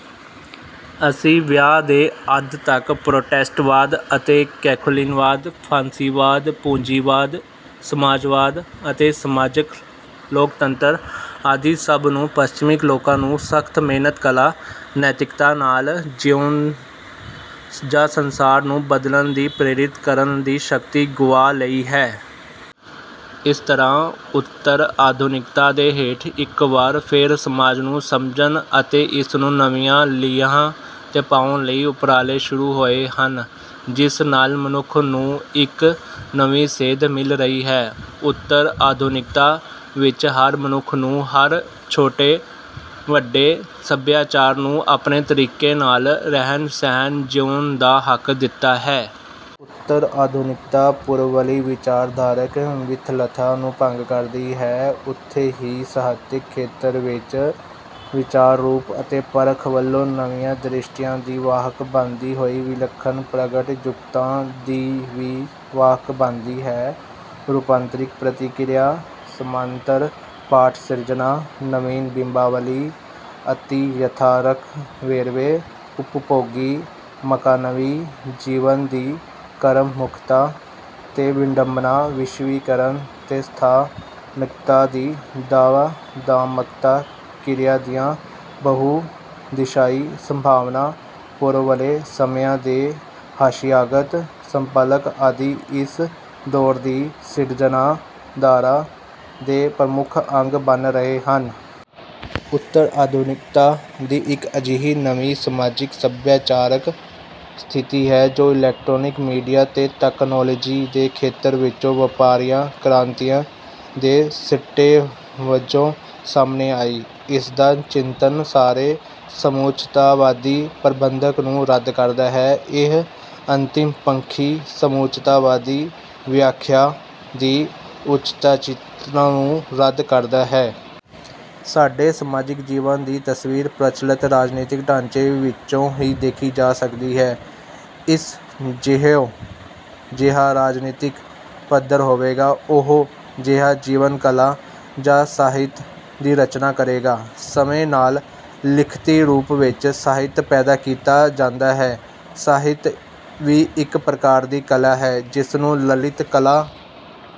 ਅੱਸੀ ਵਿਆਂ ਦੇ ਅੱਧ ਤੱਕ ਪ੍ਰੋਟੈਸਟਵਾਦ ਅਤੇ ਕੈਖੋਲਿਨਵਾਦ, ਫਾਸੀਵਾਦ-ਪੂੰਜੀਵਾਦ, ਸਮਾਜਵਾਦ ਅਤੇ ਸਮਾਜਕ ਲੋਕਤੰਤਰ ਆਦਿ ਸਭ ਨੂੰ ਪੱਛਮੀ ਲੋਕਾਂ ਨੂੰ ਸਖਤ ਮਿਹਨਤ ਕਲਾ, ਨੈਤਿਕਤਾ ਨਾਲ ਜਿਉਣ ਜਾਂ ਸੰਸਾਰ ਨੂੰ ਬਦਲਣ ਦੀ ਪ੍ਰੇਰਿਤ ਕਰਨ ਦੀ ਸ਼ਕਤੀ ਗੁਆ ਲਈ ਹੈ। ਇਸ ਤਰਾਂ ਉਤਰ-ਆਧੁਨਿਕਤਾ ਦੇ ਹੇਠ ਇੱਕ ਵਾਰ ਫੇਰ ਸਮਾਜ ਨੂੰ ਸਮਝਣ ਅਤੇ ਇਸ ਨੂੰ ਨਵੀਆਂ ਲੀਹਾਂ ਤੇ ਪਾਉਣ ਲਈ ਉਪਰਾਲੇ ਸ਼ੁਰੁ ਹੋਏ ਹਨ ਜਿਸ ਨਾਲ ਮਨੁੱਖ ਨੂੰ ਇੱਕ ਨਵੀ ਸੇਧ ਮਿਲ ਰਹੀ ਹੈ, ਉਤਰ-ਆਧੁਨਿਕਤਾ ਵਿੱਚ ਹਰ ਮਨੁੱਖ ਨੂੰ, ਹਰ ਛੋਟੇ-ਵੱਡੇ ਸਭਿਆਚਾਰ ਨੂੰ ਆਪਣੇ ਤਰੀਕੇ ਨਾਲ ਰਹਿਣ-ਸਹਿਣ ਜਿਊਣ ਦਾ ਹੱਕ ਦਿੱਤਾ ਹੈ। ਉਤਰ ਆਧੁਨਿਕਤਾ ਪੂਰਵਲੀ ਵਿਚਾਰਧਾਰਕ ਮਿਥਲਤਾ ਨੂੰ ਭੰਗ ਕਰਦੀ ਹੈ ਉਥੇ ਹੀ ਸਾਹਿਤਕ ਖੇਤਰ ਵਿੱਚ ਵਿਚਾਰ ਰੂਪ ਅਤੇ ਪਰਖ ਪੱਖੋ ਨਵੀਆਂ ਦ੍ਰਿਸ਼ਟੀਆਂ ਦੀ ਵਾਹਕ ਬਣਦੀ ਹੋਈ, ਵਿਲੱਖਣ ਪ੍ਰਗਟਾ-ਜੁਗਤਾਂ ਦੀ ਵੀ ਵਾਹਕ ਬਣਦੀ ਹੈ। ਰੂਪਾਂਤਰੀ ਪ੍ਰਕਿਰਿਆ, ਸਮਾਂਨਤਰ ਪਾਠ ਸਿਰਜਣਾ, ਨਵੀਨ ਬਿੰਬਾਵਲੀ, ਅਤਿਯਥਾਰਥਕ ਵੇਰਵੇ, ਉਪਭੋਗੀ, ਮਕਾਨਕੀ ਜੀਵਨ ਦੀ ਕਰਮਮੁਖਤਾ ਤੇ ਵਿਡੰਬਣਾ ਵਿਸ਼ਵੀਕਰਨ ਤੇ ਸਥਾਨਕਤਾ ਦੀ ਦਵੰਦਾਤਮਕਤਾ, ਕਿਰਿਆ ਦੀਆਂ ਬਹੁ-ਦਿਸ਼ਾਵੀ ਸੰਭਾਵਨਾਵਾਂ, ਪੂਰਵਲੇ ਸਮਿਆਂ ਦੇ ਹਾਸ਼ੀਆਗਤ ਸੰਕਲਪ ਆਦਿ ਇਸ ਦੋਰ ਦੀ ਸਿਰਜਣਧਾਰਾ ਦੇ ਪ੍ਰਮੁੱਖ ਅੰਗ ਬਣ ਰਹੇ ਹਨ। ਉਤਰ-ਆਧੁਨਿਕਤਾ ਇੱਕ ਅਜਿਹੀ ਨਵੀ ਸਮਾਜਿਕ ਸਭਿਆਚਾਰ ਸਥਿਤੀ ਹੈ ਜੋ ਇਲੈਕਟ੍ਰਾਨਿਕ ਮੀਡੀਆ ਤੇ ਤਕਨਾਲੋਜੀ ਦੇ ਖੇਤਰ ਵਿੱਚੋ ਵਾਪਰੀਆਂ ਕ੍ਰਾਂਤੀਆਂ ਦੇ ਸਿੱਟੇ ਵੱਜੋ ਸਾਹਮਣੇ ਆਈ। ਇਸਦਾ ਚਿੰਤਨ ਸਾਰੇ ਸਮੁੱਚਤਾਵਾਦੀ ਪ੍ਰਬੰਧ ਨੂੰ ਰੱਦ ਕਰਦਾ ਹੈ, ਇਹ ਅਤਿੰਮਪੱਖੀ ਸਮੁੱਚਤਾਵਾਦੀ ਵਿਆਖਿਆ ਦੀ ਉਚਿਤਤਾ ਨੂੰ ਰੱਦ ਕਰਦਾ ਹੈ। ਸਾਡੇ ਸਮਾਜਿਕ ਜੀਵਨ ਦੀ ਤਸਵੀਰ ਪ੍ਰਚਲਤ ਰਾਜਨੀਤਿਕ ਢਾਂਚੇ ਵਿੱਚੋਂ ਹੀ ਦੇਖੀ ਜਾ ਸਕਦੀ ਹੈ ਇਸ ਜਿਹੋ ਜਿਹਾ ਰਾਜਨੀਤਿਕ ਪੱਧਰ ਹੋਵੇਗਾ, ਉਹੋ ਜਿਹਾ ਜੀਵਨ, ਕਲਾ ਜਾਂ ਸਾਹਿਤ ਦੀ ਰਚਨਾ ਕਰੇਗਾ। ਸਮੇ ਨਾਲ ਲਿਖਤੀ ਰੂਪ ਵਿੱਚ ਸਾਹਿਤ ਪੈਦਾ ਕੀਤਾ ਜਾਂਦਾ ਹੈ। ਸਾਹਿਤ ਵੀ ਇੱਕ ਪ੍ਰਕਾਰ ਦੀ ਕਲਾ ਹੈ, ਜਿਸਨੂੰ ਲਲਿਤ ਕਲਾ...